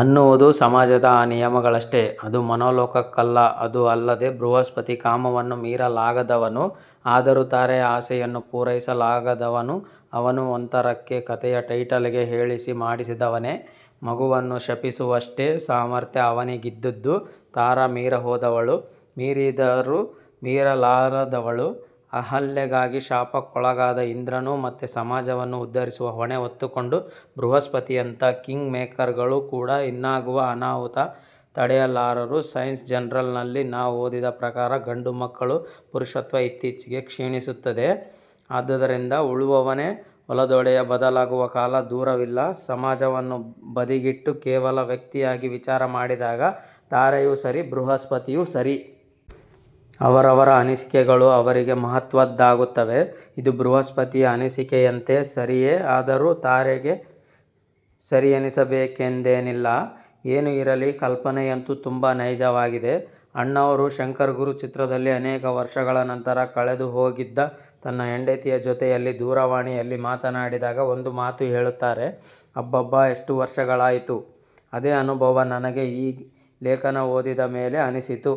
ಅನ್ನುವುದು ಸಮಾಜದ ಆ ನಿಯಮಗಳಿಗಷ್ಟೆ.. ಅದು ಮನೋಲೋಕಕ್ಕಲ್ಲಅದು ಅಲ್ಲದೆ ಬೃಹಸ್ಪತಿ ಕಾಮವನ್ನ ಮೀರಲಾಗದವನು ಆದರೂ ತಾರೆಯ ಆಸೆಯನ್ನ ಪೂರೈಸಲಾಗದವನುಅವನು ಒಂಥರಕ್ಕೆ ಕಥೆಯ ಟೈಟಲ್ಲಿಗೆ ಹೇಳಿಸಿ ಮಾಡಿಸಿದವನೆ ಮಗುವನ್ನು ಶಪಿಸುವಷ್ಟೇ ಸಾಮರ್ಥ್ಯ ಅವನಿಗಿದ್ದದ್ದು ತಾರೆ ಮೀರಹೋದವಳು. ಮೀರಿದರೂ ಮೀರಲಾರದವಳು. ಅಹಲ್ಯೆಗಾಗಿ ಶಾಪಕ್ಕೊಳಗಾದ ಇಂದ್ರನೂ. ಮತ್ತೆ ಸಮಾಜವನ್ನು ಉದ್ಧರಿಸುವ ಹೊಣೆ ಹೊತ್ತುಕೊಂಡ ಬೃಹಸ್ಪತಿಯಂತ ಕಿಂಗ್ ಮೇಕರ್ರ್ ಗಳು ಕೂಡ ಇನ್ನಾಗುವ ಅನಾಹುತ ತಡೆಯಲಾರರುಸೈನ್ಸ್ ಜರ್ನಲ್ ನಲ್ಲಿ ನಾ ಓದಿದ ಪ್ರಕಾರ, ಗಂಡು ಮಕ್ಕಳ ಪುರುಷತ್ವ ಇತ್ತೀಚಿಗೆ ಕ್ಷೀಣಿಸುತ್ತಿದೆ, ಆದ್ದರಿಂದ ಉಳುವವನೇ ಹೊಲದೊಡೆಯ ಬದಲಾಗುವ ಕಾಲ ದೂರವಿಲ್ಲಸಮಾಜವನ್ನು ಬದಿಗಿಟ್ಟು ಕೇವಲ ವ್ಯಕ್ತಿಯಾಗಿ ವಿಚಾರಮಾಡಿದಾಗ ತಾರೆಯೂ ಸರಿ ಬೃಹಸ್ಪತಿಯೂ ಸರಿ. ಅವರವರ ಅನಿಸಿಕೆಗಳು ಅವರಿಗೆ ಮಹತ್ವದ್ದಾಗುತ್ತವೆ. ಇದು ಬೃಹಸ್ಪತಿಯ ಅನಿಸಿಕೆಯಂತೆ ಸರಿಯೇಅದರೂ ತಾರೆಗೆ ಸರಿಯೆನಿಸಬೇಕೆಂದೇನಿಲ್ಲಏನೆ ಇರಲಿ ಕಲ್ಪನೆಯಂತೂ ತುಂಬ ನೈಜವಾಗಿದೆ. ಅಣ್ಣಾವ್ರು ಶಂಕರ್ ಗುರು ಚಿತ್ರದಲ್ಲಿ ಅನೇಕ ವರ್ಷಗಳ ನಂತರ ಕಳೆದು ಹೋಗಿದ್ದ ತನ್ನ ಹೆಂಡತಿಯ ಜೊತೆಯಲ್ಲಿ ದೂರವಾಣಿಯಲ್ಲಿ ಮಾತಾಡಿದಾಗ ಒಂದು ಮಾತು ಹೇಳುತ್ತಾರೆ "ಅಬ್ಬಬ್ಬಾ ಎಷ್ಟು ವರ್ಷಗಳಾಯ್ತು" ಅದೇ ಅನುಭವ ನನಗೆ ಈ ಲೇಖನ ಓದಿದ ಮೇಲೆ ಅನಿಸಿತು.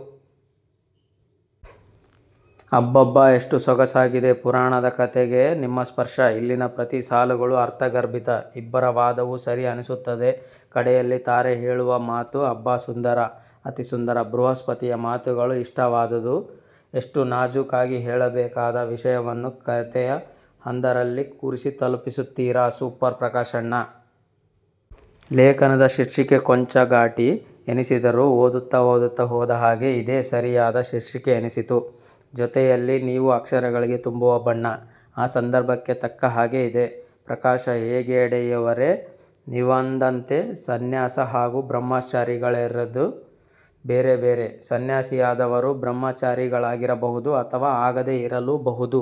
ಅಬ್ಬಬ್ಬಾ ಎಷ್ಟು ಸೊಗಸಾಗಿದೆ ಪುರಾಣದ ಕಥೆಗೆ ನಿಮ್ಮ ಸ್ಪರ್ಶ. ಇಲ್ಲಿನ ಪ್ರತಿ ಸಾಲುಗಳು ಅರ್ಥಗರ್ಭಿತ. ಇಬ್ಬರ ವಾದವೂ ಸರಿ ಅನ್ನಿಸುತ್ತದೆ ಕಡೆಯಲ್ಲಿ ತಾರೆ ಹೇಳುವ ಮಾತು ಅಬ್ಬಾ ಸುಂದರ ಅತಿ ಸುಂದರ. ಬೃಹಸ್ಪತಿಯ ಮಾತುಗಳು ಇಷ್ಟವಾದವುಎಷ್ಟು ನಾಜೂಕಾಗಿ ಹೇಳಬೇಕಾದ ವಿಷಯವನ್ನು ಕಥೆಯ ಹಂದರದಲ್ಲಿ ಕೂರಿಸಿ ತಲುಪಿಸುತ್ತೀರಾ ಸೂಪರ್ ಪ್ರಕಾಶಣ್ಣ. ಲೇಖನದ ಶೀರ್ಷಿಕೆ ಕೊಂಚ ಘಾಟಿ ಎನಿಸಿದರೂ ಓದುತ್ತ ಓದುತ್ತಾ ಹೋದ ಹಾಗೆ ಇದೆ ಸರಿಯಾದ ಶೀರ್ಷಿಕೆ ಎನ್ನಿಸಿತು. ಜೊತೆಯಲ್ಲಿ ನೀವು ಅಕ್ಷರಗಳಿಗೆ ತುಂಬುವ ಬಣ್ಣ. ಆ ಸಂದರ್ಭಕ್ಕೆ ತಕ್ಕ ಹಾಗೆ ಇದೆ. ಪ್ರಕಾಶ ಹೆಗಡೆಯವರೇ ನೀವಂದಂತೇ ಸನ್ಯಾಸ ಹಾಗೂ ಬ್ರಹ್ಮಚರ್ಯಗಳೆರದೂ ಬೇರೆ ಬೇರೆ. ಸನ್ಯಾಸಿಯಾದವರು ಬ್ರಹ್ಮಚಾರಿಗಳಾಗಿರಬಹುದು ಅಥವಾ ಆಗದೇ ಇರಲುಬಹುದು.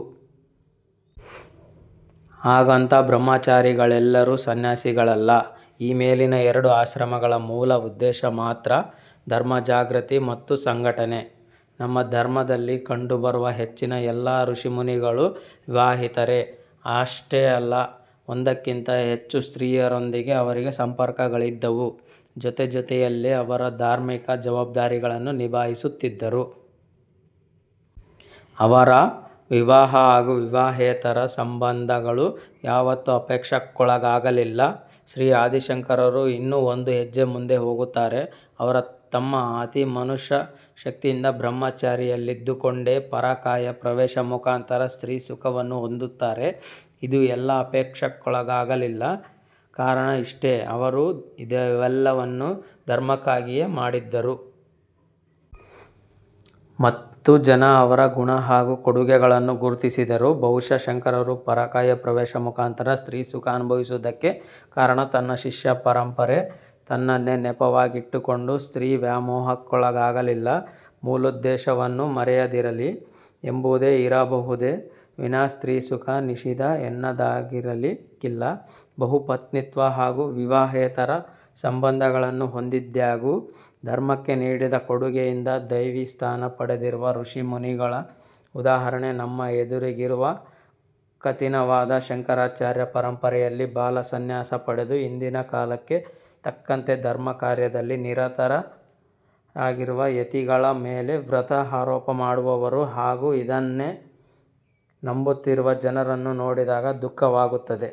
ಹಾಗಂತ ಬ್ರಹ್ಮಚಾರಿಗಳೆಲ್ಲರೂ ಸನ್ಯಾಸಿಗಲಲ್ಲ. ಈಮೇಲಿನ ಎರಡೂ ಆಶ್ರಮಗಳ ಮೂಲ ಉದ್ದೇಶ ಮಾತ್ರ ಧರ್ಮ ಜಾಗ್ರತಿ ಮತ್ತು ಸಂಘಟನೆ. ನಮ್ಮ ಧರ್ಮದಲ್ಲಿ ಕಂಡು ಬರುವ ಹೆಚ್ಚಿನ ಎಲ್ಲ ಋಷಿಮುನಿಗಳೂ ವಿವಾಹಿತರೆ. ಅಶ್ತೆ ಅಲ್ಲ ಒಂದಕ್ಕಿಂತ ಹೆಚ್ಚು ಸ್ತ್ರೀ ಯರೊಂದಿಗೆ ಅವರಿಗೆ ಸಂಪರ್ಕಗಳಿದ್ದವು. ಜೊತೆಜೊತೆಯಲ್ಲೇ ಅವರ ಧಾರ್ಮಿಕ ಜವಾಬ್ದಾರಿಗಳನ್ನೂ ನಿಭಾಯಿಸುತ್ತಿದ್ದರು. ಅವರ ವಿವಾಹ ಹಾಗೂ ವಿವಾಹೇತರ ಸಂಬನ್ಧಗಳು ಯಾವತ್ತೂ ಆಕ್ಷೇಪಕ್ಕೊಳಗಾಗಲಿಲ್ಲ. ಶ್ರೀ ಆದಿಶಂಕರರು ಇನ್ನೂ ಒಂದು ಹೆಜ್ಜೆ ಮುಂದೆ ಹೋಗುತ್ತಾರೆ. ಅವರು ತಮ್ಮ ಅತಿ ಮಾನುಷ ಶಕ್ತಿಯಿಂದ ಬ್ರಹ್ಮ ಚರ್ಯದಲ್ಲಿದ್ದುಕೊಂಡೇ ಪರಕಾಯ ಪ್ರವೇಶ ಮುಖಾಂತರ ಸ್ತ್ರೀ ಸುಖವನ್ನು ಹೊಂದುತ್ತಾರೆ. ಇದು ಎಲ್ಲೂ ಅಕ್ಷೇಪಕ್ಕೊಳಗಾಗಲಿಲ್ಲ. ಕಾರಣ ಇಷ್ಟೇ ಅವರು ಇದೆಲ್ಲವನ್ನೂ ಧರ್ಮಕ್ಕಗಿಯೇ ಮಾಡಿದರು. ಮತ್ತು ಜನ ಅವರ ಗುಣ ಹಾಗೂ ಕೊಡುಗೆಗಳನ್ನು ಗುರುತಿಸಿದರು. ಬಹುಶಃ ಶಂಕರರು ಪರಕಾಯ ಪ್ರವೇಶ ಮುಖಾಂತರ ಸ್ತ್ರೀ ಸುಖ ಅನುಭವಿಸುವುದಕ್ಕೆ ಕಾರಣ ತನ್ನ ಶಿಷ್ಯ ಪರಂಪರೆ ತನ್ನನ್ನೇ ನೆಪವಾಗಿಟ್ಟುಕೊಂಡು ಸ್ತ್ರೀ ವ್ಯಾಮೋಹಕ್ಕೋಳಾಲಗಾಗಿ ಮೂಲೋದ್ದೇಶವನ್ನು ಮರೆಯದಿರಲಿ ಎಂಬುದೇ ಇರಬಹುದೇ ವಿನಃ ಸ್ತ್ರೀ ಸುಖ ನಿಷಿಧ ಎನ್ದಾಗಿರಲಿಕ್ಕಿಲ್ಲ. ಬಹುಪತ್ನಿತ್ವ ಹಾಗೂ ವಿವಾಹೇತರ ಸಂಬಂಧಗಳನ್ನು ಹೊಂದಿದ್ದಾಗ್ಯೂ ಧರ್ಮಕ್ಕೆ ನೀಡಿದ ಕೊಡುಗೆಯಿಂದ ದೈವೀ ಸ್ಥಾನ ಪಡೆದಿರುವ ಋಷಿಮುನಿಗಳ ಉದಾಹರಣೆ ನಮ್ಮ ಎದುರಿಗಿರುವಾಗ ಕಥಿನವಾದ ಶಂಕರಾಚಾರ್ಯ ಪರಂಪರೆಯಲ್ಲಿ ಬಾಲ ಸನ್ಯಾಸ ಪಡೆದು ಇಂದಿನ ಕಾಲಕೆ ತಕ್ಕಂತೆ ಧರ್ಮ ಕಾರ್ಯದಲ್ಲಿ ನಿರತ ರಾಗಿರುವ ಯತಿಗಳ ಮೇಲೆ ವ್ರತ ಆರೋಪ ಮಾಡುವವರು ಹಾಗೂ ಅದನ್ನೇ ನಂಬುತ್ತಿರುವ ಜನರನ್ನು ನೋಡಿದಾಗ ದುಃಖವಾಗುತ್ತದೆ.